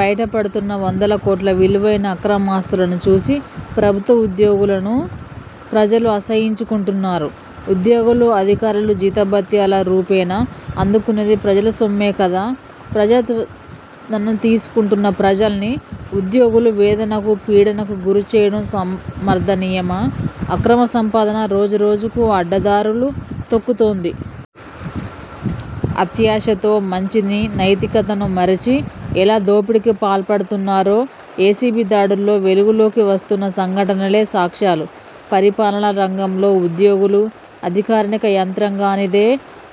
బయటపడుతున్న వందల కోట్ల విలువైన అక్రమ ఆస్తులను చూసి ప్రభుత్వ ఉద్యోగులను ప్రజలు అసహ్యించుకుంటున్నారు. ఉద్యోగులు, అధికారులు జీతభత్యాల రూపేణ అందుకునేది ప్రజల సొమ్మే కదా. ప్రజాద్వధనం తీసుకుంటున్న ప్రజల్ని ఉద్యోగులు వేదనకు, పీడనకు గురిచేయడం సమర్థనీయమా? అక్రమ సంపాదన రోజు రోజుకు అడ్డదారులు తొక్కుతోంది. అత్యాశతో మంచిని, నైతికతను మరచి ఎలా దోపిడీకి పాల్పడుతున్నారో ఏసీబీ దాడుల్లో వెలుగులోకి వస్తున్న సంఘటనలే సాక్ష్యాలు. పరిపాలనా రంగంలో ఉద్యోగులు, అధికారనిక యంత్రాంగానిదే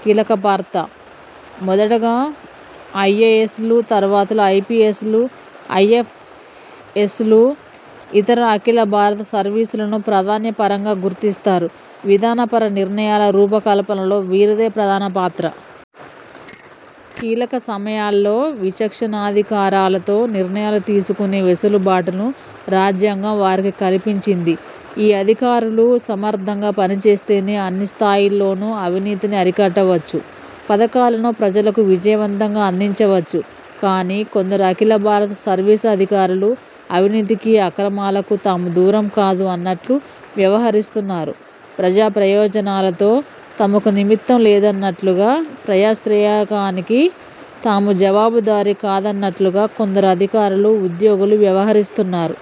కీలకప్రాత్ర. మొదటిగా ఐఏఎస్లు, తరువాతల ఐపీఎస్లు, ఐఎఫ్ఎస్లు, ఇతర అఖిల భారత సర్వీసులను ప్రాధాన్య పరంగా గుర్తిస్తారు. విధానపర నిర్ణయాల రూపకల్పనలో వీరిదే ప్రధాన పాత్ర. కీలక సమయాల్లో విచక్షణాధికారాలతో నిర్ణయాలు తీసుకొనే వెసులుబాటును రాజ్యాంగం వారికి కల్పించింది. ఈ అధికారులు సమర్థంగా పనిచేస్తేనే అన్నిస్థాయిల్లోనూ అవినీతిని అరికట్టవచ్చు. పథకాలను ప్రజలకు విజయవంతంగా అందించవచ్చు. కానీ కొందరు అఖిలభారత సర్వీసు అధికారులు అవినీతికి, అక్రమాలకు తాము దూరం కాదు అన్నట్లు వ్యవహరిస్తున్నారు. ప్రజాప్రయోజనాలతో తమకు నిమిత్తం లేదన్నట్లుగా, ప్రజాశ్రేయానికి తాము జవాబుదారీ కాదన్నట్లుగా కొందరు అధికారులు, ఉద్యోగులు వ్యవహరిస్తున్నారు.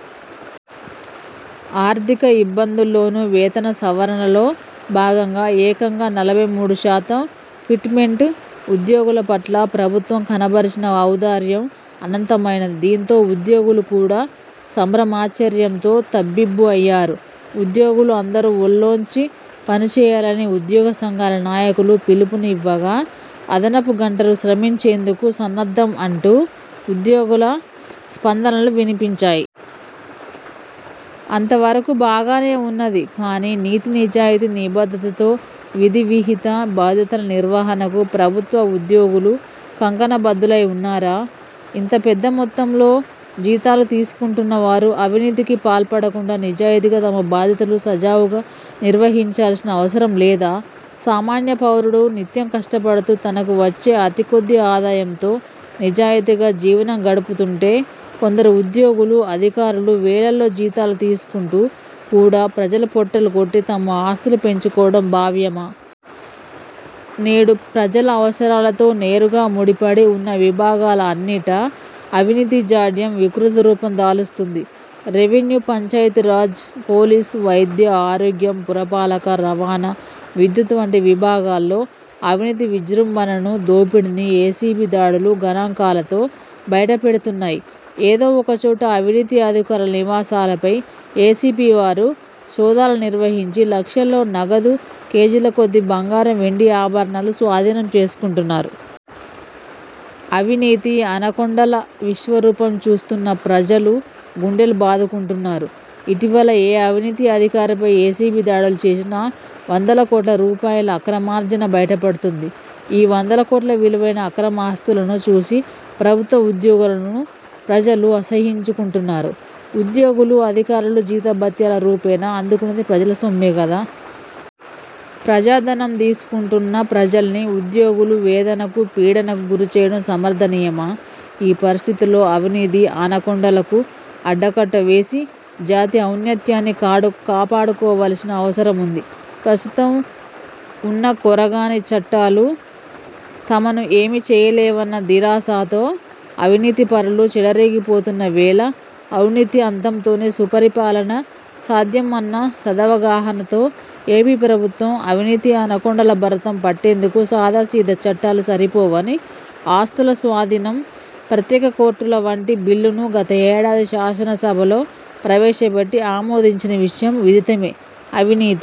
ఆర్థిక ఇబ్బందుల్లోనూ వేతన సవరణలో భాగంగా ఏకంగా నలభై మూడుశాతం ఫిట్ మెంట్ ఉద్యోగుల పట్ల ప్రభుత్వం కనబరిచిన ఔదార్యం అనంతమైనది. దీంతో ఉద్యోగులు కూడా సంభ్రమాశ్చర్యంతో తబ్బిబ్బు అయ్యారు. ఉద్యోగులు అందరూ ఒళ్లొంచి పనిచేయాలని ఉద్యోగ సంఘాల నాయకులు పిలుపుని ఇవ్వగా, అదనపు గంటలు శ్రమించేందుకు సన్నద్ధం అంటూ ఉద్యోగుల స్పందనలు వినిపించాయి. అంతవరకూ బాగానే ఉన్నది. కానీ నీతి, నిజాయితీ, నిబద్ధతతో విధివిహిత బాధ్యతల నిర్వహణకు ప్రభుత్వ ఉద్యోగులు కంకణబద్దులై ఉన్నారా? ఇంత పెద్ద మొత్తంలో జీతాలు తీసుకుంటున్నవారు అవినీతికి పాల్పడకుండా నిజాయితీగా తమ బాధ్యతలు సజావుగా నిర్వహించాల్సిన అవసరం లేదా? సామాన్య పౌరుడు నిత్యం కష్టపడుతూ తనకు వచ్చే అతి కొద్ది ఆదాయంతో నిజాయితీగా జీవనం గడుపుతుంటే కొందరు ఉద్యోగులు, అధికారులు వేలల్లో జీతాలు తీసుకుంటూ కూడా ప్రజల పొట్టలుకొట్టి తమ ఆస్తులు పెంచుకోవడం భావ్యమా? నేడు ప్రజల అవసరాలతో నేరుగా ముడిపడి ఉన్న విభాగాల అన్నింటా అవినీతి జాడ్యం వికృతరూపం దాలుస్తుంది. రెవెన్యూ, పంచాయతీ రాజ్, పోలీస్, వైద్య ఆరోగ్యం, పురపాలక, రవాణా, విద్యుత్ వంటి విభాగాల్లో అవినీతి విజృంభణను, దోపిడీని ఏసీబీ దాడులు గణాంకాలతో బయటపెడుతున్నాయి. ఏదో ఒకచోట అవినీతి అధికారుల నివాసాలపై ఏసీబీ వారు సోదాలు నిర్వహించి లక్షల్లో నగదు, కేజీల కొద్ది బంగారం వెండి ఆభరణాలు స్వాధీనం చేసుకుంటున్నారు. అవినీతి అనకొండల విశ్వరూపం చూస్తున్న ప్రజలు గుండెలు బాదుకుంటున్నారు. ఇటీవల ఏ అవినీతి అధికారిపై ఏసీబీ దాడులు చేసినా వందల కోట్ల రూపాయల అక్రమార్జన బయటపడుతుంది. ఈ వందల కోట్ల విలువైన అక్రమ ఆస్తులను చూసి ప్రభుత్వ ఉద్యోగులను ప్రజలు అసహ్యించుకుంటున్నారు. ఉద్యోగులు, అధికారులు జీతభత్యాల రూపేణా అందుకునేది ప్రజల సొమ్మే కదా. ప్రజాధనం తీసుకుంటున్న ప్రజల్ని ఉద్యోగులు వేదనకు, పీడనకు గురిచేయడం సమర్థనీయమా? ఈ పరిస్థితుల్లో అవినీతి అనకొండలకు అడ్డకట్ట వేసి జాతి ఔన్నత్యాన్ని కాడు కాపాడుకోవాల్సిన అవసరముంది. ప్రస్తుతం ఉన్న కొరగాని చట్టాలు తమను ఏమీ చేయలేవన్న దిలాసాతో అవినీతిపరులు చెలరేగిపోతున్న వేళ అవినీతి అంతంతోనే సుపరిపాలన సాధ్యం అన్న సదవగాహనతో ఏపీ ప్రభుత్వం అవినీతి అనకొండల భరతం పట్టేందుకు సాదా సీదా చట్టాలు సరిపోవని ఆస్తుల స్వాధీనం, ప్రత్యేక కోర్టుల వంటి బిల్లును గత ఏడాది శాసనసభలో ప్రవేశపెట్టి ఆమోదించిన విషయం విదితమే. అవినీతి,